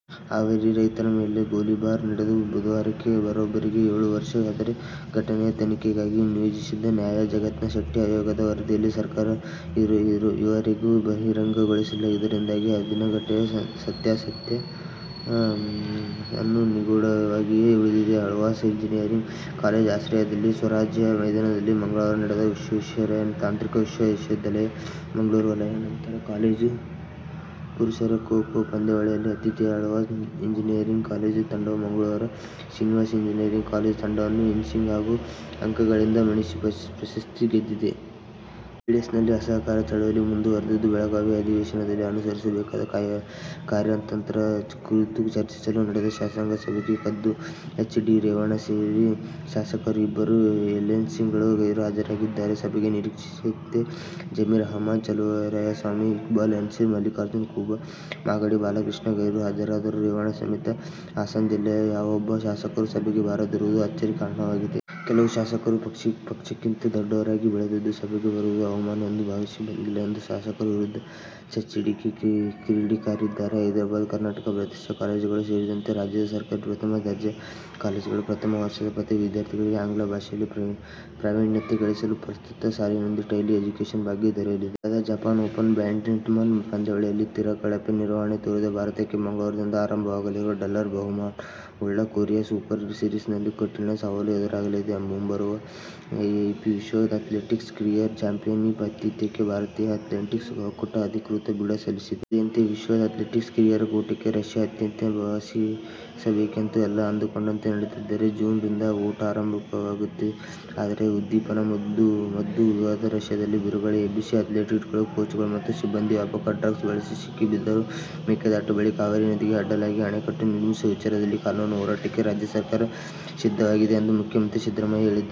ಹಾವೇರಿಯಲ್ಲಿ ರೈತರ ಮೇಲೆ ಗೋಲಿಬಾರ್ ನಡೆದು ಬುಧವಾರಕ್ಕೆ ಬರೋಬ್ಬರಿ ಏಳು ವರ್ಷ. ಆದರೆ ಘಟನೆಯ ತನಿಖೆಗಾಗಿ ನಿಯೋಜಿಸಿದ್ದ ನ್ಯಾ ಜಗನ್ನಾಥ ಶೆಟ್ಟಿ ಆಯೋಗದ ವರದಿಯನ್ನು ಸರ್ಕಾರ ಈವರೆಗೂ ಬಹಿರಂಗಗೊಳಿಸಿಲ್ಲ. ಇದರಿಂದಾಗಿ ಅಂದಿನ ಘಟನೆಯ ಸತ್ಯಾಸತ್ಯತೆ ಇನ್ನು ನಿಗೂಢವಾಗಿಯೇ ಉಳಿದಿದೆ. ಆಳ್ವಾಸ್ ಎಂಜಿನಿಯರಿಂಗ್ ಕಾಲೇಜಿನ ಆಶ್ರಯದಲ್ಲಿ ಸ್ವರಾಜ್ಯ ಮೈದಾನದಲ್ಲಿ ಮಂಗಳವಾರ ನಡೆದ ವಿಶ್ವೇಶ್ವರಯ್ಯ ತಾಂತ್ರಿಕ ವಿಶ್ವವಿದ್ಯಾಲಯದ ಮಂಗಳೂರು ವಲಯ ಅಂತರ್ ಕಾಲೇಜು ಪುರುಷರ ಖೋ ಖೋ ಪಂದ್ಯಾವಳಿಯಲ್ಲಿ ಆತಿಥೇಯ ಆಳ್ವಾಸ್ ಎಂಜಿನಿಯರಿಂಗ್ ಕಾಲೇಜು ತಂಡವು ಮಂಗಳೂರು ಶ್ರೀನಿವಾಸ ಎಂಜಿನಿಯರಿಂಗ್ ಕಾಲೇಜು ತಂಡವನ್ನು ಇನ್ನಿಂಗ್ಸ್ ಹಾಗೂ ಅಂಕಗಳಿಂದ ಮಣಿಸಿ ಪ್ರಶಸ್ತಿ ಗೆದ್ದಿದೆ. ಜೆಡಿಎಸ್ನಲ್ಲಿ "ಅಸಹಕಾರ' ಚಳವಳಿ ಮುಂದು ವರಿದಿದ್ದು, ಬೆಳಗಾವಿ ಅಧಿ ವೇಶನದಲ್ಲಿ ಅನುಸರಿಸಬೇಕಾದ ಕಾರ್ಯತಂತ್ರ ಕುರಿತು ಚರ್ಚಿಸಲು ನಡೆದ ಶಾಸಕಾಂಗ ಸಭೆಗೆ ಖುದ್ದುಎಚ್. ಡಿ. ರೇವಣ್ಣ ಸೇರಿ ಶಾಸಕರು, ಇಬ್ಬರು ಎಂಎಲ್ಸಿಗಳು ಗೈರು ಹಾಜರಾಗಿದ್ದಾರೆ. ಸಭೆಗೆ ನಿರೀಕ್ಷೆಯಂತೆ ಜಮೀರ್ ಅಹಮದ್, ಚೆಲುವರಾಯಸ್ವಾಮಿ, ಇಕ್ಬಾಲ್ ಅನ್ಸಾರಿ, ಮಲ್ಲಿಕಾರ್ಜುನ ಕೂಬಾ, ಮಾಗಡಿ ಬಾಲಕೃಷ್ಣ ಗೈರು ಹಾಜರಾದರೂ ರೇವಣ್ಣ ಸಮೇತ ಹಾಸನ ಜಿಲ್ಲೆಯ ಯಾವೊಬ್ಬ ಶಾಸಕರೂ ಸಭೆಗೆ ಬಾರದಿರುವುದು ಅಚ್ಚರಿಗೆ ಕಾರಣವಾಗಿದೆ. "ಕೆಲವು ಶಾಸಕರು ಪಕ್ಷಕ್ಕಿಂತ ದೊಡ್ಡವರಾಗಿ ಬೆಳೆದಿದ್ದು, ಸಭೆಗೆ ಬರುವುದು ಅವಮಾನ ಎಂದು ಭಾವಿಸಿ ಬಂದಿಲ್ಲ' ಎಂದು ಶಾಸಕರ ವಿರುದ್ಧ ಎಚ್ಡಿಕೆ ಕಿಡಿಕಾರಿದ್ದಾರೆ. ಹೈದರಾಬಾದ್- ಕರ್ನಾಟಕ ಪ್ರದೇಶದ ಕಾಲೇಜುಗಳು ಸೇರಿದಂತೆ ರಾಜ್ಯದ ಸರ್ಕಾರಿ ಪ್ರಥಮ ದರ್ಜೆ ಕಾಲೇಜುಗಳ ಪ್ರಥಮ ವರ್ಷದ ಪದವಿ ವಿದ್ಯಾರ್ಥಿಗಳಿಗೆ ಆಂಗ್ಲ ಭಾಷೆಯಲ್ಲಿ ಪ್ರಾವೀಣ್ಯತೆ ಗಳಿಸಲು ಪ್ರಸಕ್ತ ಸಾಲಿನಿಂದ "ಟೆಲಿ ಎಜುಕೇಷನ್ ಭಾಗ್ಯ' ದೊರೆಯಲಿದೆ. ಕಳೆದ ಜಪಾನ್ ಓಪನ್ ಬ್ಯಾಡ್ಮಿಂಟನ್ ಪಂದ್ಯಾವಳಿಯಲ್ಲಿ ತೀರಾ ಕಳಪೆ ನಿರ್ವಹಣೆ ತೋರಿದ ಭಾರತಕ್ಕೆ ಮಂಗಳವಾರದಿಂದ ಆರಂಭವಾಗಲಿರುವ ಡಾಲರ್ ಬಹುಮಾನವುಳ್ಳ "ಕೊರಿಯಾ ಸೂಪರ್ ಸೀರೀಸ್'ನಲ್ಲಿ ಕಠಿನ ಸವಾಲು ಎದುರಾಗಲಿದೆ. ಮುಂಬರುವ ಐಎಎಎಫ್ ವಿಶ್ವ ಅಥ್ಲೆಟಿಕ್ಸ್ ಕಿರಿಯರ ಚಾಂಪಿಯನ್ಶಿಪ್ ಆತಿಥ್ಯಕ್ಕೆ ಭಾರತೀಯ ಅಥ್ಲೆಟಿಕ್ಸ್ ಒಕ್ಕೂಟ ಅಧಿಕೃತ ಬಿಡ್ ಸಲ್ಲಿಸಿದೆ. ನಿಗದಿಯಂತೆ ವಿಶ್ವ ಅಥ್ಲೆಟಿಕ್ಸ್ ಕಿರಿಯರ ಕೂಟಕ್ಕೆ ರಷ್ಯಾ ಆತಿಥ್ಯ ವಹಿಸಬೇಕಿತ್ತು. ಎಲ್ಲ ಅಂದುಕೊಂಡಂತೆ ನಡೆದಿದ್ದರೆ ಜು. ರಿಂದ ಕೂಟ ಆರಂಭವಾಗಬೇಕಿತ್ತು. ಆದರೆ ಉದ್ದೀಪನಾ ಮದ್ದು ವಿವಾದ ರಷ್ಯಾದಲ್ಲಿ ಬಿರುಗಾಳಿ ಎಬ್ಬಿಸಿ ಅಥ್ಲೀಟ್ಗಳು, ಕೋಚ್ಗಳು ಮತ್ತು ಸಿಬ್ಬಂದಿ ವ್ಯಾಪಕ ಡ್ರಗ್ಸ್ ಬಳಸಿ ಸಿಕ್ಕಿಬಿದ್ದಿದ್ದರು. ಮೇಕೆದಾಟು ಬಳಿ ಕಾವೇರಿ ನದಿಗೆ ಅಡ್ಡಲಾಗಿ ಅಣೆಕಟ್ಟು ನಿರ್ಮಿಸುವ ವಿಚಾರದಲ್ಲಿ ಕಾನೂನು ಹೋರಾಟಕ್ಕೆ ರಾಜ್ಯ ಸರ್ಕಾರ ಸಿದ್ಧವಾಗಿದೆ ಎಂದು ಮುಖ್ಯಮಂತ್ರಿ ಸಿದ್ದರಾಮಯ್ಯ ಹೇಳಿದ್ದಾರೆ.